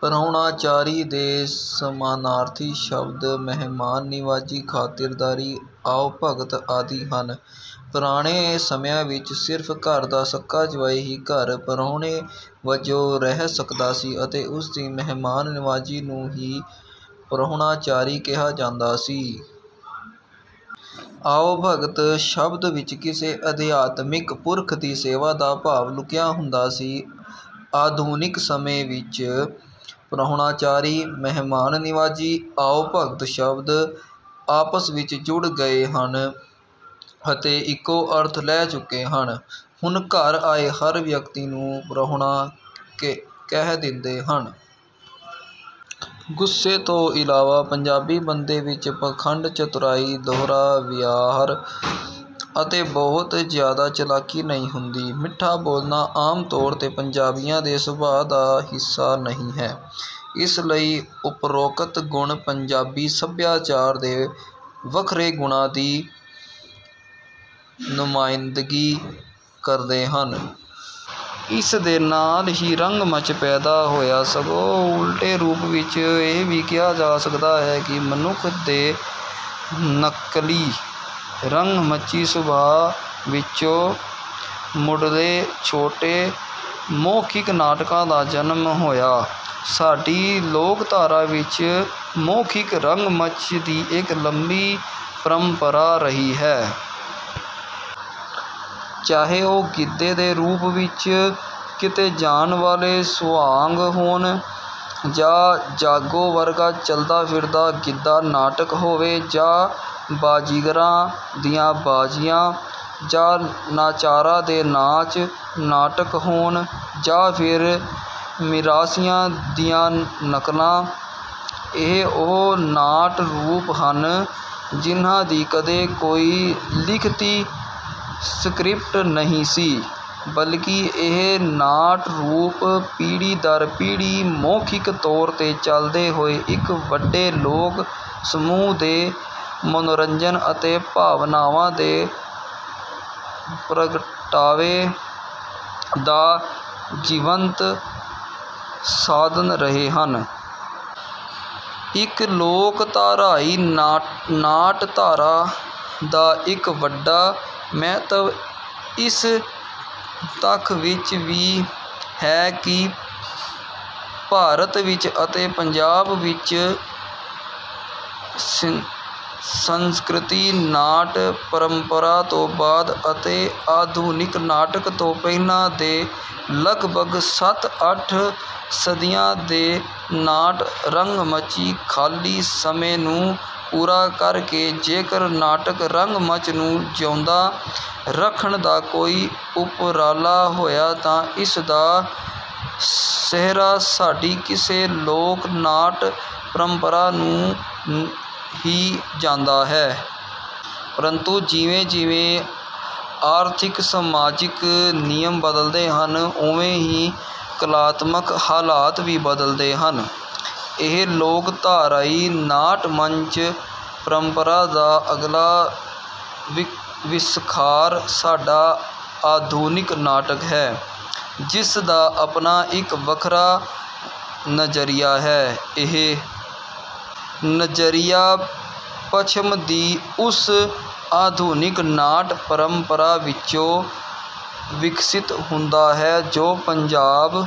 ਪ੍ਰਾਹੁਣਾਚਾਰੀ ਦੇ ਸਮਾਨਾਰਥੀ ਸ਼ਬਦ ਮਹਿਮਾਨ ਨਿਵਾਜ਼ੀ, ਖਾਤਿਰਦਾਰੀ, ਆਓ-ਭਗਤ ਆਦਿ ਹਨ। ਪੁਰਾਣੇ ਸਮਿਆਂ ਵਿੱਚ ਸਿਰਫ ਘਰ ਦਾ ਸਕਾ ਜਵਾਈ ਹੀ ਘਰ ਪ੍ਰਾਹੁਣੇ ਵਜੋਂ ਰਹਿ ਸਕਦਾ ਸੀ ਅਤੇ ਉਸਦੀ ਮਹਿਮਾਨ ਨਿਵਾਜ਼ੀ ਨੂੰ ਹੀ ਪ੍ਰਾਹੁਣਾਚਾਰੀ ਕਿਹਾ ਜਾਂਦਾ ਸੀ। ਆਓ-ਭਗਤ ਸ਼ਬਦ ਵਿੱਚ ਕਿਸੇ ਅਧਿਆਤਮਿਕ ਪੁਰਖ ਦੀ ਸੇਵਾ ਦਾ ਭਾਵ ਲੁਕਿਆ ਹੁੰਦਾ ਸੀ। ਆਧੁਨਿਕ ਸਮੇਂ ਵਿੱਚ ਪ੍ਰਾਹੁਣਾਚਾਰੀ, ਮਹਿਮਾਨ ਨਿਵਾਜ਼ੀ, ਆਓ-ਭਗਤ ਸ਼ਬਦ ਆਪਸ ਵਿੱਚ ਜੁੜ ਗਏ ਹਨ ਅਤੇ ਇੱਕੋ ਅਰਥ ਲੈ ਚੁੱਕੇ ਹਨ। ਹੁਣ ਘਰ ਆਏ ਹਰ ਵਿਅਕਤੀ ਨੂੰ ਪ੍ਰਾਹੁਣਾ ਕਹਿ ਦਿੰਦੇ ਹਨ। ਗੁੱਸੇ ਤੋਂ ਇਲਾਵਾ ਪੰਜਾਬੀ ਬੰਦੇ ਵਿੱਚ ਪਖੰਡ, ਚਤੁਰਾਈ, ਦੋਹਰਾ ਵਿਹਾਰ ਅਤੇ ਬਹੁਤ ਜਿਆਦਾ ਚਾਲਾਕੀ ਨਹੀਂ ਹੁੰਦੀ। ਮਿੱਠਾ ਬੋਲਣਾ ਆਮ ਤੌਰ ਤੇ ਪੰਜਾਬੀਆਂ ਦੇ ਸੁਭਾਅ ਦਾ ਹਿੱਸਾ ਨਹੀਂ ਹੈ। ਇਸ ਲਈ ਉਪਰੋਕਤ ਗੁਣ ਪੰਜਾਬੀ ਸਭਿਆਚਾਰ ਦੇ ਵੱਖਰੇ ਗੁਣਾਂ ਦੀ ਨੁਮਾਇੰਦਗੀ ਕਰਦੇ ਹਨ। ਇਸ ਦੇ ਨਾਲ ਹੀ ਰੰਗਮੰਚ ਪੈਦਾ ਹੋਇਆ। ਸਗੋਂ ਉਲਟੇ ਰੂਪ ਵਿੱਚ ਇਹ ਵੀ ਕਿਹਾ ਜਾ ਸਕਦਾ ਹੈ ਕਿ ਮਨੁੱਖ ਦੇ ਨਕਲੀ ਰੰਗਮੰਚੀ ਸੁਭਾਅ ਵਿੱਚੋਂ ਮੁੱਢਲੇ ਛੋਟੇ ਮੌਖਿਕ ਨਾਟਕਾਂ ਦਾ ਜਨਮ ਹੋਇਆ। ਸਾਡੀ ਲੋਕਧਾਰਾ ਵਿੱਚ ਮੌਖਿਕ ਰੰਗਮੰਚ ਦੀ ਇੱਕ ਲੰਮੀ ਪਰੰਪਰਾ ਰਹੀ ਹੈ। ਚਾਹੇ ਉਹ ਗਿੱਧੇ ਦੇ ਰੂਪ ਵਿੱਚ ਕੀਤੇ ਜਾਣ ਵਾਲੇ ਸੁਆਂਗ ਹੋਣ, ਜਾਂ ਜਾਗੋ ਵਰਗਾ ਚਲਦਾ ਫਿਰਦਾ ਗਿੱਧਾ-ਨਾਟਕ ਹੋਵੇ ਜਾਂ ਬਾਜੀਗਰਾਂ ਦੀਆਂ ਬਾਜੀਆਂ ਜਾਂ ਨਚਾਰਾਂ ਦੇ ਨਾਚ-ਨਾਟਕ ਹੋਣ ਜਾਂ ਫਿਰ ਮਿਰਾਸੀਆਂ ਦੀਆਂ ਨਕਲਾਂ। ਇਹ ਉਹ ਨਾਟ ਰੂਪ ਹਨ ਜਿਨ੍ਹਾਂ ਦੀ ਕਦੇ ਕੋਈ ਲਿਖਤੀ ਸਕ੍ਰਿਪਟ ਨਹੀਂ ਸੀ, ਬਲਕਿ ਇਹ ਨਾਟ-ਰੂਪ ਪੀੜ੍ਹੀ-ਦਰ-ਪੀੜ੍ਹੀ ਮੌਖਿਕ ਤੌਰ ਤੇ ਚਲਦੇ ਹੋਏ ਇੱਕ ਵੱਡੇ ਲੋਕ ਸਮੂਹ ਦੇ ਮਨੋਰੰਜਨ ਅਤੇ ਭਾਵਨਾਵਾਂ ਦੇ ਪ੍ਰਗਟਾਵੇ ਦਾ ਜੀਵੰਤ ਸਾਧਨ ਰਹੇ ਹਨ। ਇੱਕ ਲੋਕਧਾਰਾਈ ਨਾਟ ਧਾਰਾ ਦਾ ਇੱਕ ਵੱਡਾ ਮਹੱਤਵ ਇਸ ਤੱਥ ਵਿੱਚ ਵੀ ਹੈ ਕਿ ਭਾਰਤ ਵਿੱਚ ਅਤੇ ਪੰਜਾਬ ਵਿੱਚ ਸੰਸਕ੍ਰਿਤ ਨਾਟ ਪਰੰਪਰਾ ਤੋਂ ਬਾਅਦ ਅਤੇ ਆਧੁਨਿਕ ਨਾਟਕ ਤੋਂ ਪਹਿਲਾਂ ਦੇ ਲਗਭਗ ਸੱਤ-ਅੱਠ ਸਦੀਆਂ ਦੇ ਨਾਟ-ਰੰਗਮੰਚੀ ਖਾਲੀ ਸਮੇਂ ਨੂੰ ਪੂਰਾ ਕਰਕੇ ਜੇਕਰ ਨਾਟਕ ਰੰਗਮੰਚ ਨੂੰ ਜਿਉਂਦਾ ਰੱਖਣ ਦਾ ਕੋਈ ਉਪਰਾਲਾ ਹੋਇਆ ਤਾਂ ਇਸ ਦਾ ਸਿਹਰਾ ਸਾਡੀ ਇਸੇ ਲੋਕ ਨਾਟ ਪਰੰਪਰਾ ਨੂੰ ਹੀ ਜਾਂਦਾ ਹੈ। ਪਰੰਤੂ ਜਿਵੇਂ ਜਿਵੇਂ ਆਰਥਿਕ-ਸਮਾਜਿਕ ਨਿਯਮ ਬਦਲਦੇ ਹਨ ਉਵੇਂ ਹੀ ਕਲਾਤਮਕ ਹਾਲਾਤ ਵੀ ਬਦਲਦੇ ਹਨ। ਇਹ ਲੋਕਧਾਰਾਈ ਨਾਟ-ਮੰਚ ਪਰੰਪਰਾ ਦਾ ਅਗਲਾ ਵਿਸਥਾਰ ਸਾਡਾ ਆਧੁਨਿਕ ਨਾਟਕ ਹੈ ਜਿਸ ਦਾ ਆਪਣਾ ਇੱਕ ਵੱਖਰਾ ਨਜ਼ਰੀਆ ਹੈ। ਇਹ ਨਜ਼ਰੀਆ ਪੱਛਮ ਦੀ ਉਸ ਆਧੁਨਿਕ ਨਾਟ-ਪਰੰਪਰਾ ਵਿੱਚੋਂ ਵਿਕਸਿਤ ਹੁੰਦਾ ਹੈ ਜੋ ਪੰਜਾਬ